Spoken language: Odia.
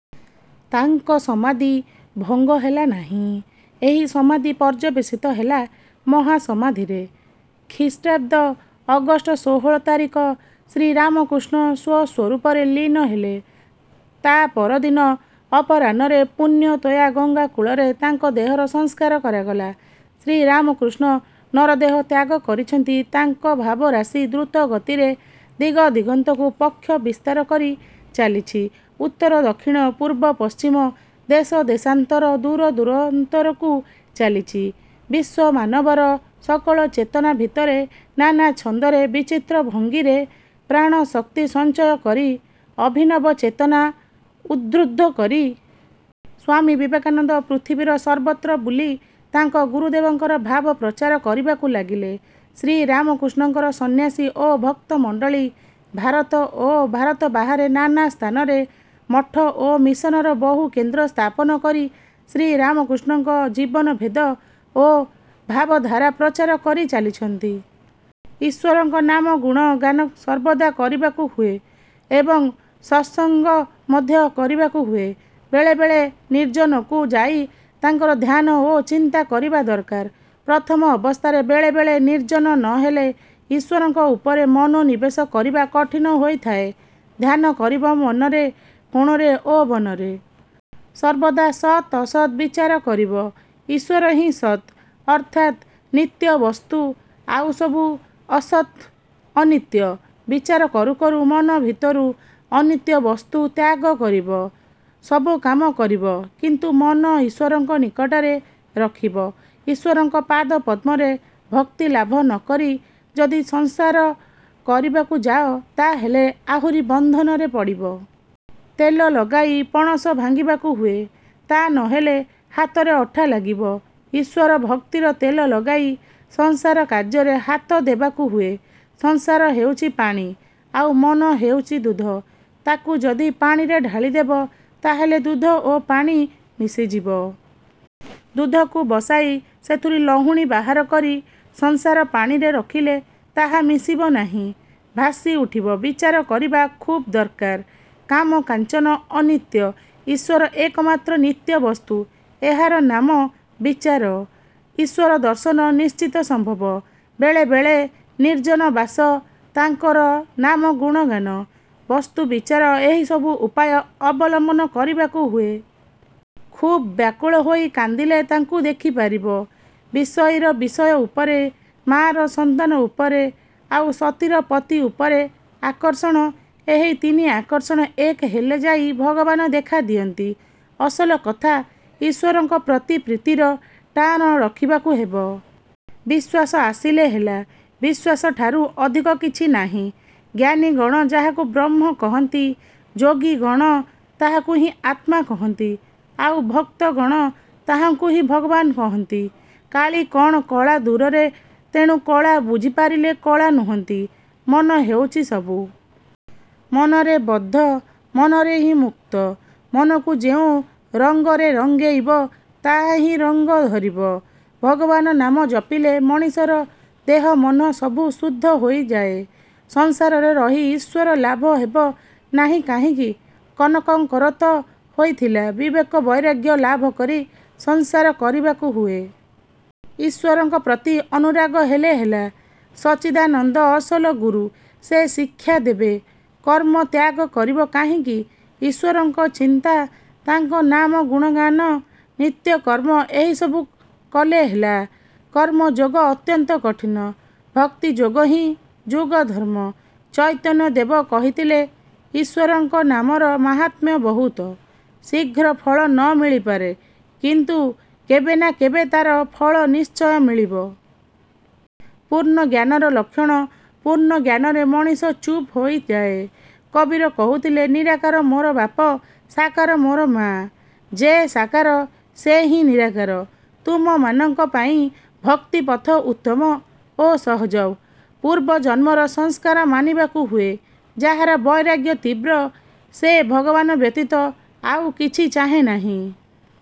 ତାଙ୍କ ସମାଧି ଭଙ୍ଗ ହେଲା ନାହିଁ। ଏହି ସମାଧି ପର୍ଯ୍ୟବସିତ ହେଲା ମହାସମାଧିରେ। ଖ୍ରୀ: ଅଗଷ୍ଟ ଷୋହଳ ତାରିଖ ଶ୍ରୀରାମକୃଷ୍ଣ ସ୍ୱ-ସ୍ୱରୂପରେ ଲୀନ ହେଲେ। ତା' ପରଦିନ ଅପରାହ୍ନରେ ପୁଣ୍ୟତୋୟା ଗଙ୍ଗାକୂଳରେ ତାଙ୍କ ଦେହର ସଂସ୍କାର କରାଗଲା। ଶ୍ରୀରାମକୃଷ୍ଣ ନରଦେହ ତ୍ୟାଗ କରିଛନ୍ତି। ତାଙ୍କ ଭାବରାଶି ଦ୍ରୁତଗତିରେ ଦିଗଦିଗନ୍ତକୁ ପକ୍ଷ ବିସ୍ତାର କରି ଚାଲିଛି-ଉତ୍ତର-ଦକ୍ଷିଣ, ପୂର୍ବପଶ୍ଚିମ, ଦେଶଦେଶାନ୍ତର, ଦୂରଦୂରାନ୍ତରକୁ-ଚାଲିଛି ବିଶ୍ୱମାନବର ସକଳ ଚେତନା ଭିତରେ, ନାନା ଛନ୍ଦରେ, ବିଚିତ୍ର ଭଙ୍ଗୀରେ ପ୍ରାଣଶକ୍ତି ସଞ୍ଚୟ କରି, ଅଭିନବ ଚେତନା ଉଦ୍ବୁଦ୍ଧ କରି। ସ୍ୱାମୀ ବିବେକାନନ୍ଦ ପୃଥିବୀର ସର୍ବତ୍ର ବୁଲି ତାଙ୍କ ଗୁରୁଦେବଙ୍କର ଭାବ ପ୍ରଚାର କରିବାକୁ ଲାଗିଲେ। ଶ୍ରୀରାମକୃଷ୍ଣଙ୍କର ସନ୍ନ୍ୟାସୀ ଓ ଭକ୍ତମଣ୍ଡଳୀ ଭାରତ ଓ ଭାରତ ବାହାରେ ନାନା ସ୍ଥାନରେ ମଠ ଓ ମିଶନର ବହୁ କେନ୍ଦ୍ର ସ୍ଥାପନ କରି ଶ୍ରୀରାମକୃଷ୍ଣଙ୍କ ଜୀବନ-ବେଦ ଓ ଭାବଧାରା ପ୍ରଚାର କରି ଚାଲିଛନ୍ତି। ଈଶ୍ୱରଙ୍କ ନାମଗୁଣ ଗାନ ସର୍ବଦା କରିବାକୁ ହୁଏ ଏବଂ ସତ୍ସଙ୍ଗ ମଧ୍ୟ କରିବାକୁ ହୁଏ। ବେଳେବେଳେ ନିର୍ଜନକୁ ଯାଇ ତାଙ୍କର ଧ୍ୟାନ ଓ ଚିନ୍ତା କରିବା ଦରକାର। ପ୍ରଥମ ଅବସ୍ଥାରେ ବେଳେବେଳେ ନିର୍ଜନ ନ ହେଲେ ଈଶ୍ୱରଙ୍କ ଉପରେ ମନୋନିବେଶ କରିବା କଠିନ ହୋଇଥାଏ। ଧ୍ୟାନ କରିବ ମନରେ, କୋଣରେ ଓ ବନରେ। ସର୍ବଦା ସତ୍ ଅସତ୍ ବିଚାର କରିବ। ଈଶ୍ୱର ହିଁ ସତ୍, ଅର୍ଥାତ୍ ନିତ୍ୟ ବସ୍ତୁ; ଆଉସବୁ ଅସତ୍, ଅନିତ୍ୟ। ବିଚାର କରୁ କରୁ ମନ ଭିତରୁ ଅନିତ୍ୟ ବସ୍ତୁ ତ୍ୟାଗ କରିବ। ସବୁ କାମ କରିବ, କିନ୍ତୁ ମନ ଈଶ୍ୱରଙ୍କ ନିକଟରେ ରଖିବ। ଈଶ୍ୱରଙ୍କ ପାଦପଦ୍ମରେ ଭକ୍ତିଲାଭ ନ କରି ଯଦି ସଂସାର କରିବାକୁ ଯାଅ, ତା' ହେଲେ ଆହୁରି ବନ୍ଧନରେ ପଡ଼ିବ। ତେଲ ଲଗାଇ ପଣସ ଭାଙ୍ଗିବାକୁ ହୁଏ, ତା'ନ ହେଲେ ହାତରେ ଅଠା ଲାଗିବ। ଈଶ୍ୱର ଭକ୍ତିର ତେଲ ଲଗାଇ ସଂସାର କାର୍ଯ୍ୟରେ ହାତ ଦେବାକୁ ହୁଏ। ସଂସାର ହେଉଛି ପାଣି, ଆଉ ମନ ହେଉଛି ଦୁଧ। ତା'କୁ ଯଦି ପାଣିରେ ଢାଳିଦେବ, ତା' ହେଲେ ଦୁଧ ଓ ପାଣି ମିଶିଯିବ। ଦୁଧକୁ ବସାଇ ସେଥିରୁ ଲହୁଣୀ ବାହାର କରି ସଂସାର-ପାଣିରେ ରଖିଲେ ତାହା ମିଶିବ ନାହିଁ, ଭାସି ଉଠିବ। ବିଚାର କରିବା ଖୁବ୍ ଦରକାର। କାମ-କାଞ୍ଚନ ଅନିତ୍ୟ, ଈଶ୍ୱର ଏକମାତ୍ର ନିତ୍ୟ ବସ୍ତୁ-ଏହାର ନାମ ବିଚାର। ଈଶ୍ୱର ଦର୍ଶନ ନିଶ୍ଚିତ ସମ୍ଭବ। ବେଳେବେଳେ ନିର୍ଜନ-ବାସ, ତାଙ୍କର ନାମଗୁଣ ଗାନ, ବସ୍ତୁ-ବିଚାର-ଏହିସବୁ ଉପାୟ ଅବଲମ୍ବନ କରିବାକୁ ହୁଏ। ଖୁବ୍ ବ୍ୟାକୁଳ ହୋଇ କାନ୍ଦିଲେ ତାଙ୍କୁ ଦେଖିପାରିବ। ବିଷୟୀର ବିଷୟ ଉପରେ, ମା'ର ସନ୍ତାନ ଉପରେ, ଆଉ ସତୀର ପତି ଉପରେ ଆକର୍ଷଣ-ଏହି ତିନି ଆକର୍ଷଣ ଏକ ହେଲେ ଯାଇ ଭଗବାନ ଦେଖା ଦିଅନ୍ତି। ଅସଲ କଥା, ଈଶ୍ୱରଙ୍କ ପ୍ରତି ପ୍ରୀତିର ଟାଣ ରଖିବାକୁ ହେବ। ବିଶ୍ୱାସ ଆସିଲେ ହେଲା। ବିଶ୍ୱାସଠାରୁ ଅଧିକ କିଛି ନାହିଁ। ଜ୍ଞାନୀଗଣ ଯାହାକୁ ବ୍ରହ୍ମ କହନ୍ତି, ଯୋଗୀଗଣ ତାହାଙ୍କୁ ହିଁ ଆତ୍ମା କହନ୍ତି, ଆଉ ଭକ୍ତଗଣ ତାହାଙ୍କୁ ହିଁ ଭଗବାନ କହନ୍ତି। କାଳୀ କ'ଣ କଳା! ଦୂରରେ, ତେଣୁ କଳା; ବୁଝିପାରିଲେ କଳା ନୁହନ୍ତି। ମନ ହେଉଛି ସବୁ। ମନରେ ବଦ୍ଧ, ମନରେ ହିଁ ମୁକ୍ତ। ମନକୁ ଯେଉଁ ରଙ୍ଗରେ ରଙ୍ଗେଇବ, ତାହା ସେହି ରଙ୍ଗ ଧରିବ। ଭଗବାନ ନାମ ଜପିଲେ ମଣିଷର ଦେହ ମନ ସବୁ ଶୁଦ୍ଧ ହୋଇଯାଏ। ସଂସାରରେ ରହି ଈଶ୍ୱର ଲାଭ ହେବ ନାହିଁ କାହିଁକି? ଜନକଙ୍କର ତ ହୋଇଥିଲା। ବିବେକ-ବୈରାଗ୍ୟ ଲାଭ କରି ସଂସାର କରିବାକୁ ହୁଏ। ଈଶ୍ୱରଙ୍କ ପ୍ରତି ଅନୁରାଗ ହେଲେ ହେଲା। ସଚ୍ଚିଦାନନ୍ଦ ଅସଲ ଗୁରୁ; ସେ ଶିକ୍ଷା ଦେବେ। କର୍ମ ତ୍ୟାଗ କରିବ କାହିଁକି? ଈଶ୍ୱରଙ୍କ ଚିନ୍ତା, ତାଙ୍କ ନାମଗୁଣ ଗାନ, ନିତ୍ୟକର୍ମ-ଏହିସବୁ କଲେ ହେଲା। କର୍ମଯୋଗ ଅତ୍ୟନ୍ତ କଠିନ। ଭକ୍ତିଯୋଗ ହିଁ ଯୁଗଧର୍ମ। ଚୈତନ୍ୟଦେବ କହିଥିଲେ ଈଶ୍ୱରଙ୍କ ନାମର ମାହାତ୍ମ୍ୟ ବହୁତ; ଶୀଘ୍ର ଫଳ ନ ମିଳିପାରେ, କିନ୍ତୁ କେବେ ନା କେବେ ତା'ର ଫଳ ନିଶ୍ଚୟ ମିଳିବ। ପୂର୍ଣ୍ଣଜ୍ଞାନର ଲକ୍ଷଣ ପୂର୍ଣ୍ଣଜ୍ଞାନରେ ମଣିଷ ଚୁପ୍ ହୋଇଯାଏ। କବୀର କହୁଥିଲେ ନିରାକାର ମୋର ବାପ, ସାକାର ମୋର ମା'। ଯେ ସାକାର, ସେ ହିଁ ନିରାକାର। ତୁମମାନଙ୍କ ପାଇଁ ଭକ୍ତିପଥ ଉତ୍ତମ ଓ ସହଜ। ପୂର୍ବଜନ୍ମର ସଂସ୍କାର ମାନିବାକୁ ହୁଏ। ଯାହାର ବୈରାଗ୍ୟ ତୀବ୍ର, ସେ ଭଗବାନ ବ୍ୟତୀତ ଆଉ କିଛି ଚାହେଁ ନାହିଁ।